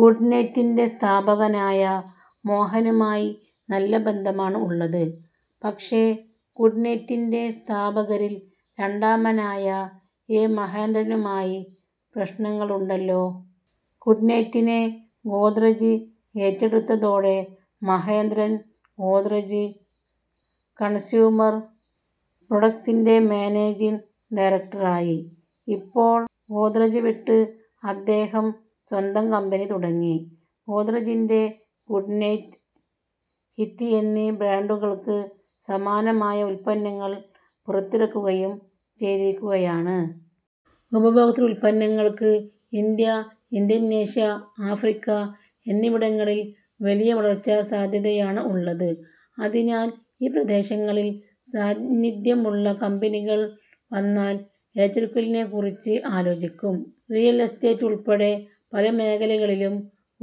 Good നൈറ്റിന്റെ സ്ഥാപകനായ മോഹനുമായി നല്ല ബന്ധമാണ് ഉള്ളത്. പക്ഷേ, ഗുഡ്നൈറ്റിന്റെ സ്ഥാപകരിൽ രണ്ടാമനായ എ. മഹേന്ദ്രനുമായി പ്രശ്നങ്ങളുണ്ടല്ലോ. ഗുഡ്നൈറ്റിനെ ഗോദ്റെജ് ഏറ്റെടുത്തതോടെ മഹേന്ദ്രൻ, ഗോദ്റെജ് കൺസ്യൂമർ പ്രോഡക്ട്സിന്റെ മാനേജിങ് ഡയറക്ടറായി. ഇപ്പോൾ ഗോദ്റെജ് വിട്ട് അദ്ദേഹം സ്വന്തം കമ്പനി തുടങ്ങി. ഗോദ്റെജിന്റെ ഗുഡ്നൈറ്റ്, ഹിറ്റ് എന്നീ ബ്രാൻഡുകൾക്ക് സമാനമായ ഉത്പന്നങ്ങൾ പുറത്തിറക്കുകയും ചെയ്തിരിക്കുകയാണ്. ഉപഭോക്തൃ ഉത്പന്നങ്ങൾക്ക് ഇന്ത്യ, ഇൻഡൊനീഷ്യ, ആഫ്രിക്ക എന്നിവിടങ്ങളിൽ വലിയ വളർച്ചാ സാധ്യതയാണ് ഉള്ളത്. അതിനാൽ, ഈ പ്രദേശങ്ങളിൽ സാന്നിധ്യമുള്ള കമ്പനികൾ വന്നാൽ ഏറ്റെടുക്കലിനെക്കുറിച്ച് ആലോചിക്കും. റിയൽ എസ്റ്റേറ്റ് ഉൾപ്പെടെ പല മേഖലകളിലും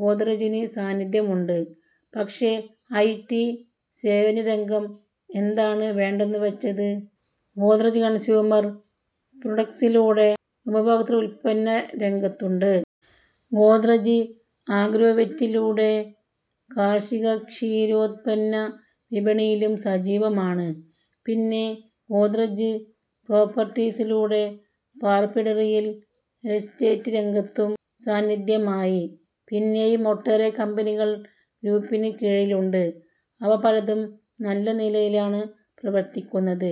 ഗോദ്റെജിന് സാന്നിധ്യമുണ്ട്. പക്ഷേ, ഐ. ടി. സേവനരംഗം എന്താണ് വേണ്ടെന്നു വച്ചത്. ഗോദ്റെജ് കൺസ്യൂമർ പ്രോഡക്ട്സിലൂടെ ഉപഭോക്തൃ ഉത്പന്ന രംഗത്തുണ്ട്. ഗോദ്റെജ് അഗ്രോവെറ്റിലൂടെ കാർഷികക്ഷീരോത്പന്ന വിപണിയിലും സജീവമാണ്. പിന്നെ, ഗോദ്റെജ് പ്രോപ്പർട്ടീസിലൂടെ പാർപ്പിടറിയൽ എസ്റ്റേറ്റ് രംഗത്തും സാന്നിധ്യമായി. പിന്നെയും ഒട്ടേറെ കമ്പനികൾ ഗ്രൂപ്പിന് കീഴിലുണ്ട്. അവ പലതും നല്ല നിലയിലാണ് പ്രവർത്തിക്കുന്നത്.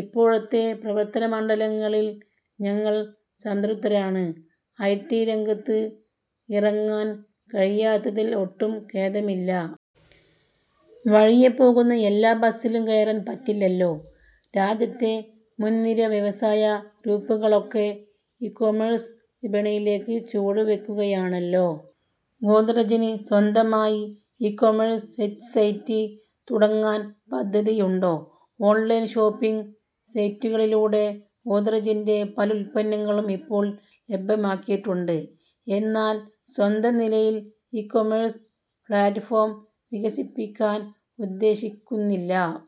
ഇപ്പോഴത്തെ പ്രവർത്തന മണ്ഡലങ്ങളിൽ ഞങ്ങൾ സംതൃപ്തരാണ്. ഐ. ടി. രംഗത്തേക്ക് ഇറങ്ങാൻ കഴിയാത്തതിൽ ഒട്ടും ഖേദമില്ല. വഴിയേ പോകുന്ന എല്ലാ ബസ്സിലും കയറാൻ പറ്റില്ലല്ലോ. രാജ്യത്തെ മുൻനിര വ്യവസായ ഗ്രൂപ്പുകളൊക്കെ ഇകൊമേഴ്സ് വിപണിയിലേക്ക് ചുവടു വയ്ക്കുകയാണല്ലോ. ഗോദ്റെജിന് സ്വന്തമായി ഇകൊമേഴ്സ് സൈറ്റ് തുടങ്ങാൻ പദ്ധതിയുണ്ടോ. ഓൺലൈൻ ഷോപ്പിങ് സൈറ്റുകളിലൂടെ ഗോദ്റെജിന്റെ പല ഉത്പന്നങ്ങളും ഇപ്പോൾ ലഭ്യമാക്കിയിട്ടുണ്ട്. എന്നാൽ, സ്വന്തം നിലയിൽ ഇകൊമേഴ്സ് പ്ലാറ്റ്ഫോം വികസിപ്പിക്കാൻ ഉദ്ദേശിക്കുന്നില്ല.